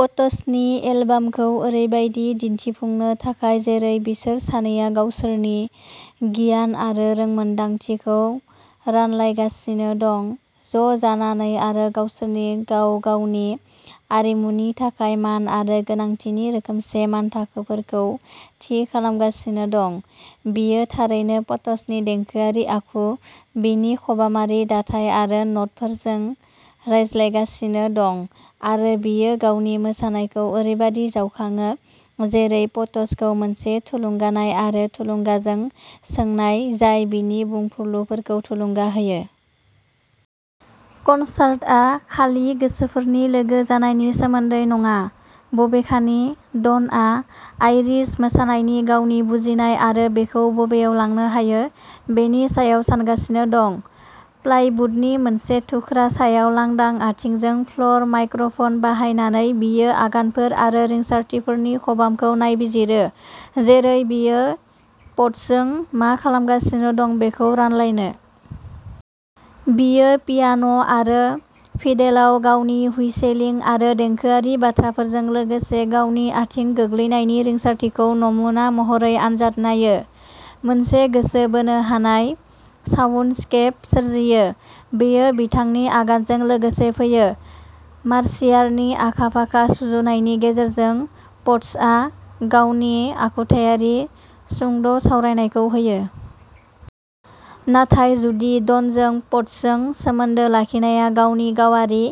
पट्सनि एलबामखौ ओरैबायदि दिन्थिफुंनो थाखाय जेरै बिसोर सानैया गावसोरनि गियान आरो रोंमोनदांथिखौ रानलायगासिनो दं, ज'जानानै आरो गावसोरनि गाव-गावनि आरिमुनि थाखाय मान आरो गोनांथिनि रोखोमसे मानथाखोफोरखौ थि खालामगासिनो दं। बियो थारैनो पट्सनि देंखोआरि आखु, बिनि खबामारि दाथाय आरो न'टफोरजों रायज्लायगासिनो दं, आरो बियो गावनि मोसानायखौ ओरैबायदि जावखाङो जेरै पट्सखौ मोनसे थुलुंगानाय आरो थुलुंगाजों सोंनाय, जाय बिनि बुंफुरलुफोरखौ थुलुंगा होयो। कनसार्टआ खालि गोसोफोरनि लोगो जानायनि सोमोन्दै नङा, बबेखानि; डनआ आइरिश मोसानायनि गावनि बुजिनाय आरो बेखौ बबेयाव लांनो हायो बेनि सायाव सानगासिनो दं। प्लाइवुडनि मोनसे थुख्रा सायाव लांदां आथिंजों फ्ल'र माइक्र'फन बाहायनानै बियो आगानफोर आरो रिंसारथिफोरनि खबामखौ नायबिजिरो जेरै बियो पट्सजों मा खालामगासिनो दं बेखौ रानलायनो। बियो पियान'आरो फिडेलाव गावनि हुइसेलिं आरो देंखोआरि बाथ्राफोरजों लोगोसे गावनि आथिं गोग्लैनायनि रिंसारथिखौ नमुना महरै आनजाद नायो, मोनसे गोसो बोनो हानाय साउन्डस्केप सोरजियो। बेयो बिथांनि आगानजों लोगोसे फैयो। मार्सियारनि आखा-फाखा सुजुनायनि गेजेरजों, पट्सआ गावनि आखुथायारि सुंद'सावरायनायखौ होयो। नाथाय जुदि डनजों पट्सजों सोमोन्दो लाखिनाया गावनि गावारि,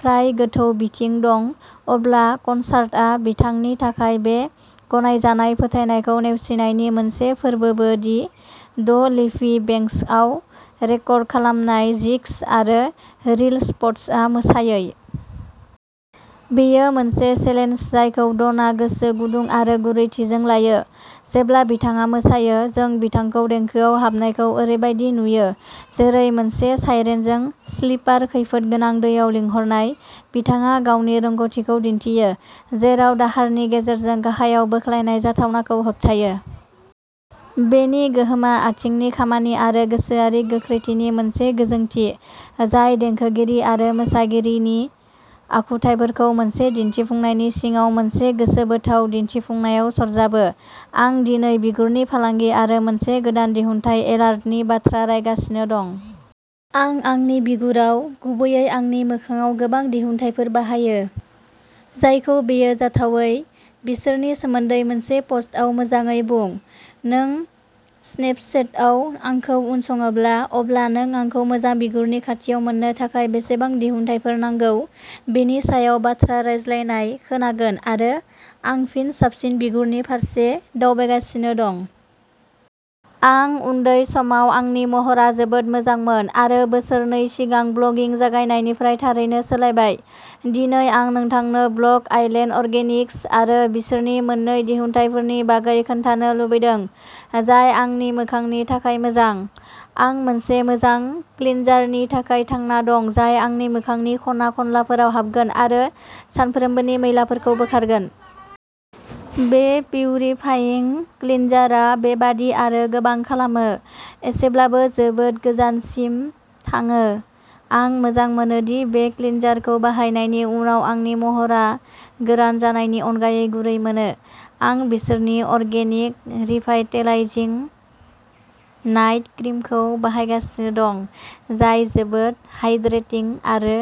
फ्राय गोथौ बिथिं दं, अब्ला कनसार्टआ बिथांनि थाखाय बे गनायजानाय फोथायनायखौ नेवसिनायनि मोनसे फोरबोबो दि द लिफी बेंक्सआव रेकर्ड खालामनाय जिग्स आरो रिल्स पट्सआ मोसायै। बेयो मोनसे चेलेन्ज जायखौ डनआ गोसो गुदुं आरो गुरैथिजों लायो। जेब्ला बिथाङा मोसायो, जों बिथांखौ देंखोआव हाबनायखौ ओरैबायदि नुयो जेरै मोनसे साइरेनजों स्लिपार, खैफोदगोनां दैयाव लिंहरनाय; बिथाङा गावनि रोंग'थिखौ दिन्थियो, जेराव दाहारनि गेजेरजों गाहायाव बोख्लायनाय जाथावनाखौ होबथायो। बेनि गोहोमा आथिंनि खामानि आरो गोसोआरि गोख्रैथिनि मोनसे गोजोंथि जाय देंखोगिरि आरो मोसागिरिनि आखुथाइफोरखौ मोनसे दिन्थिफुंनायनि सिङाव मोनसे गोसोबोथाव दिन्थिफुंनायाव सरजाबो। आं दिनै बिगुरनि फालांगि आरो मोनसे गोदान दिहुनथाय एलार्टनि बाथ्रा रायगासिनो दं। आं आंनि बिगुराव, गुबैयै आंनि मोखांआव गोबां दिहुनथायफोर बाहायो, जायखौ बेयो जाथावै। बिसोरनि सोमोन्दै मोनसे पस्टआव मोजाङै बुं। नों स्नेपचेटआव आंखौ उनसङोब्ला, अब्ला नों आंखौ मोजां बिगुरनि खाथियाव मोन्नो थाखाय बेसेबां दिहुनथायफोर नांगौ बेनि सायाव बाथ्रा रायज्लायनाय खोनागोन आरो, आं फिन साबसिन बिगुरनि फारसे दावबायगासिनो दं। आं उन्दै समाव आंनि महरा जोबोद मोजांमोन आरो बोसोरनै सिगां ब्लगिं जागायनायनिफ्राय थारैनो सोलायबाय। दिनै आं नोंथांनो ब्लक आइलेन्ड अर्गेनिक्स आरो बिसोरनि मोन्नै दिहुनथायफोरनि बागै खोन्थानो लुबैदों जाय आंनि मोखांनि थाखाय मोजां। आं मोनसे मोजां क्लिनजारनि थाखाय थांना दं जाय आंनि मोखांनि खना-खनलाफोराव हाबगोन आरो सानफ्रोमबोनि मैलाफोरखौ बोखारगोन। बे पिउरिफाइं क्लिनजारआ बेबादि आरो गोबां खालामो। एसेब्लाबो जोबोद गोजानसिम थाङो। आं मोजां मोनो दि बे क्लिनजारखौ बाहायनायनि उनाव आंनि महरा गोरान जानायनि अनगायै गुरै मोनो। आं बिसोरनि अर्गेनिक रिभाइटेलाइजिं नाइट क्रिमखौ बाहायगासिनो दं जाय जोबोद हाइड्रेटिं आरो